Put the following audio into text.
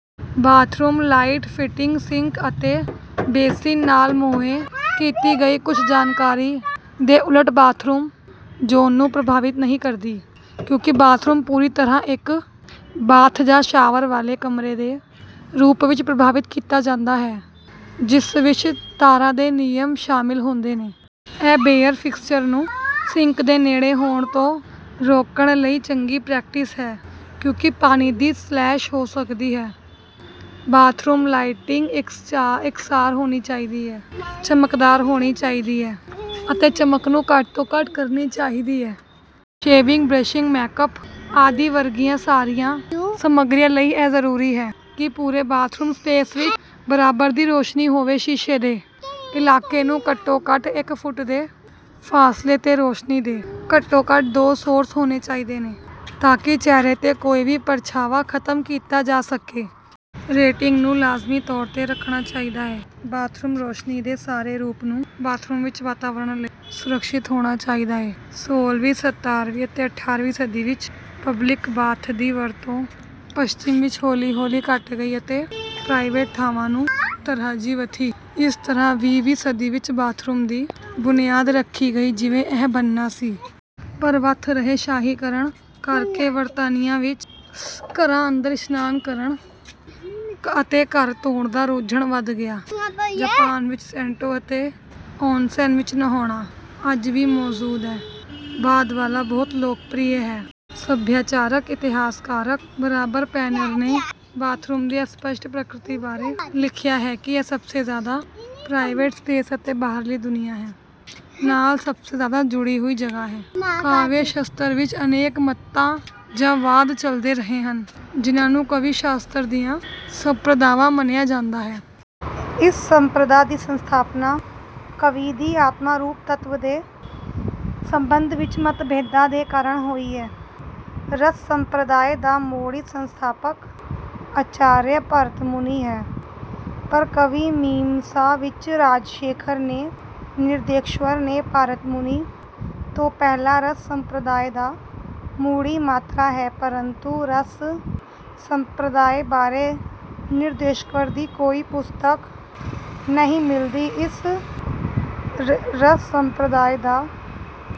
Bathroom light ਫਿਟਿੰਗਾਂ, sink ਅਤੇ ਬੇਸਿਨਾਂ ਨਾਲ ਮੁਹੱਈਆ ਕੀਤੀ ਗਈ ਕੁਝ ਜਾਣਕਾਰੀ ਦੇ ਉਲਟ ਬਾਥਰੂਮ ਜ਼ੋਨ ਨੂੰ ਪ੍ਰਭਾਵਿਤ ਨਹੀਂ ਕਰਦੇ, ਕਿਉਂਕਿ ਬਾਥਰੂਮ ਪੂਰੀ ਤਰ੍ਹਾਂ ਇੱਕ ਬਾਥ ਜਾਂ ਸ਼ਾਵਰ ਵਾਲੇ ਕਮਰੇ ਦੇ ਰੂਪ ਵਿੱਚ ਪਰਿਭਾਸ਼ਤ ਕੀਤਾ ਜਾਂਦਾ ਹੈ, ਜਿਸ ਵਿੱਚ ਤਾਰਾਂ ਦੇ ਨਿਯਮ ਸ਼ਾਮਲ ਹੁੰਦੇ ਹਨ। ਇਹ ਬੇਅਸਰ ਫਿਕਸਚਰ ਨੂੰ ਸਿੰਕ ਦੇ ਨਜ਼ਦੀਕ ਹੋਣ ਤੋਂ ਰੋਕਣ ਲਈ ਚੰਗੀ ਪ੍ਰੈਕਟਿਸ ਹੈ, ਕਿਉਂਕਿ ਪਾਣੀ ਦੀ ਸਪਲੈਸ਼ ਹੋ ਸਕਦੀ ਹੈ। ਬਾਥਰੂਮ ਲਾਈਟਿੰਗ ਇਕਸਾਰ ਹੋਣੀ ਚਾਹੀਦੀ ਹੈ, ਚਮਕਦਾਰ ਹੋਣੀ ਚਾਹੀਦੀ ਹੈ ਅਤੇ ਚਮਕ ਨੂੰ ਘੱਟ ਤੋਂ ਘੱਟ ਕਰਨਾ ਚਾਹੀਦਾ ਹੈ। ਸ਼ੇਵਿੰਗ, ਬਰੱਸ਼ਿੰਗ, ਮੇਕਅੱਪ ਆਦਿ ਵਰਗੀਆਂ ਸਾਰੀਆਂ ਸਮੱਗਰੀਆ ਲਈ ਇਹ ਜ਼ਰੂਰੀ ਹੈ ਕਿ ਪੂਰੇ ਬਾਥਰੂਮ ਸਪੇਸ ਵਿੱਚ ਬਰਾਬਰ ਦੀ ਪ੍ਰਕਾਸ਼ ਹੋਵੇ। ਸ਼ੀਸ਼ੇ ਦੇ ਖੇਤਰ ਨੂੰ ਘੱਟੋ-ਘੱਟ ਇੱਕ ਫੁੱਟ ਦੇ ਫਾਸਲੇ 'ਤੇ ਰੋਸ਼ਨੀ ਦੇ ਘੱਟੋ-ਘੱਟ ਦੋ ਸੋਰਸ ਹੋਣੇ ਚਾਹੀਦੇ ਹਨ ਤਾਂ ਕਿ ਚਿਹਰੇ 'ਤੇ ਕਿਸੇ ਵੀ ਪਰਛਾਵੇਂ ਨੂੰ ਖ਼ਤਮ ਕੀਤਾ ਜਾ ਸਕੇ। ਰੇਟਿੰਗ ਨੂੰ ਲਾਜ਼ਮੀ ਤੌਰ ਤੇ ਰੱਖਣਾ ਚਾਹੀਦਾ ਹੈ। ਬਾਥਰੂਮ ਰੋਸ਼ਨੀ ਦੇ ਸਾਰੇ ਰੂਪਾਂ ਨੂੰ ਬਾਥਰੂਮ ਵਿੱਚ ਵਰਤਣ ਲਈ ਸੁਰੱਖਿਅਤ ਹੋਣਾ ਚਾਹੀਦਾ ਹੈ। ਸੋਲਵੀਂ, ਸਤਾਰਵੀਂ ਅਤੇ ਅਠਾਰਵੀਂ ਸਦੀ ਵਿੱਚ ਪਬਲਿਕ ਬਾਥਾਂ ਦੀ ਵਰਤੋਂ ਪੱਛਮ ਵਿੱਚ ਹੌਲੀ-ਹੌਲੀ ਘੱਟ ਗਈ ਅਤੇ ਪ੍ਰਾਈਵੇਟ ਥਾਵਾਂ ਦੀ ਤਰਜੀਹ ਵਧੀ, ਇਸ ਤਰ੍ਹਾਂ ਵੀਹਵੀਂ ਸਦੀ ਵਿੱਚ ਬਾਥਰੂਮ ਦੀ ਬੁਨਿਆਦ ਰੱਖੀ ਗਈ, ਜਿਵੇਂ ਇਹ ਬਣਨਾ ਸੀ। ਪਰ, ਵਧ ਰਹੇ ਸ਼ਹਿਰੀਕਰਨ ਕਾਰਨ ਬਰਤਾਨੀਆ ਵਿੱਚ ਘਰਾਂ ਵਿੱਚ ਇਸ਼ਨਾਨ ਕਰਨ ਅਤੇ ਘਰ ਧੋਣ ਦਾ ਰੁਝਾਨ ਵਧ ਗਿਆ। ਜਾਪਾਨ ਵਿੱਚ ਸੇਨਟੋ ਅਤੇ ਆੱਨਸਨ ਵਿੱਚ ਨਹਾਉਣਾ ਅਜੱ ਵੀ ਮੌਜੂਦ ਹੈ, ਬਾਅਦ ਵਾਲਾ ਬਹੁਤ ਲੋਕਪ੍ਰਿਯ ਹੈ। ਸੱਭਿਆਚਾਰਕ ਇਤਿਹਾਸਕਾਰ ਬਾਰਬਰਾ ਪੇਨੇਰ ਨੇ ਬਾਥਰੂਮ ਦੀ ਅਸਪਸ਼ਟ ਪ੍ਰਕਿਰਤੀ ਬਾਰੇ ਲਿਖਿਆ ਹੈ ਕਿ ਇਹ ਸਭ ਤੋਂ ਵੱਧ ਪ੍ਰਾਈਵੇਟ ਸਪੇਸ ਅਤੇ ਬਾਹਰਲੀ ਦੁਨੀਆਂ ਦੇ ਨਾਲ ਸਭ ਤੋਂ ਜ਼ਿਆਦਾ ਜੁੜੀ ਹੋਈ ਜਗ੍ਹਾ ਹੈ। ਭਾਰਤੀ ਕਾਵਿ-ਸ਼ਾਸਤਰ ਵਿੱਚ ਅਨੇਕਾਂ ਮੱਤ ਜਾਂ ਵਾਦ ਚੱਲਦੇ ਰਹੇ ਹਨ ਜਿਨ੍ਹਾਂ ਨੂੰ ਕਾਵਿ-ਸ਼ਾਸਤਰ ਦੀਆਂ ਸੰਪ੍ਰਦਾਵਾਂ ਮੰਨਿਆ ਜਾਂਦਾ ਹੈ। ਇਨ੍ਹਾਂ ਸੰਪ੍ਰਦਾਵਾਂ ਦੀ ਸਥਾਪਨਾ ਕਾਵਿ ਦੀ ਆਤਮਾ-ਰੂਪ ਤੱਤ ਦੇ ਸੰਬੰਧ ਵਿੱਚ ਮੱਤ-ਭੇਦਾਂ ਦੇ ਕਾਰਨ ਹੋਈ ਹੈ। ਰਸ ਸੰਪ੍ਰਦਾਇ ਦਾ ਮੋਢੀ-ਸੰਸਥਾਪਕ ਆਚਾਰੀਆ ਭਰਤਮੁਨੀ ਹੈ ਪਰ ਕਾਵਿ-ਮੀਮਾਂਸਾ ਵਿੱਚ ਰਾਜਸ਼ੇਖਰ ਨੇ ਨੰਦਿਕੇਸ਼ਵਰ ਨੂੰ ਭਰਤਮੁਨੀ ਤੋਂ ਪਹਿਲਾਂ ਰਸ ਸੰਪ੍ਰਦਾਇ ਦਾ ਮੋਢੀ ਮੰਨਿਆ ਹੈ ਪਰੰਤੂ ਰਸ ਸੰਪ੍ਰਦਾਇ ਬਾਰੇ ਨੰਦਿਕੇਸ਼ਵਰ ਦੀ ਕੋਈ ਪੁਸਤਕ ਨਹੀਂ ਮਿਲਦੀ। ਇਸ ਲਈ ਰਸ ਸੰਪ੍ਰਦਾਇ ਦਾ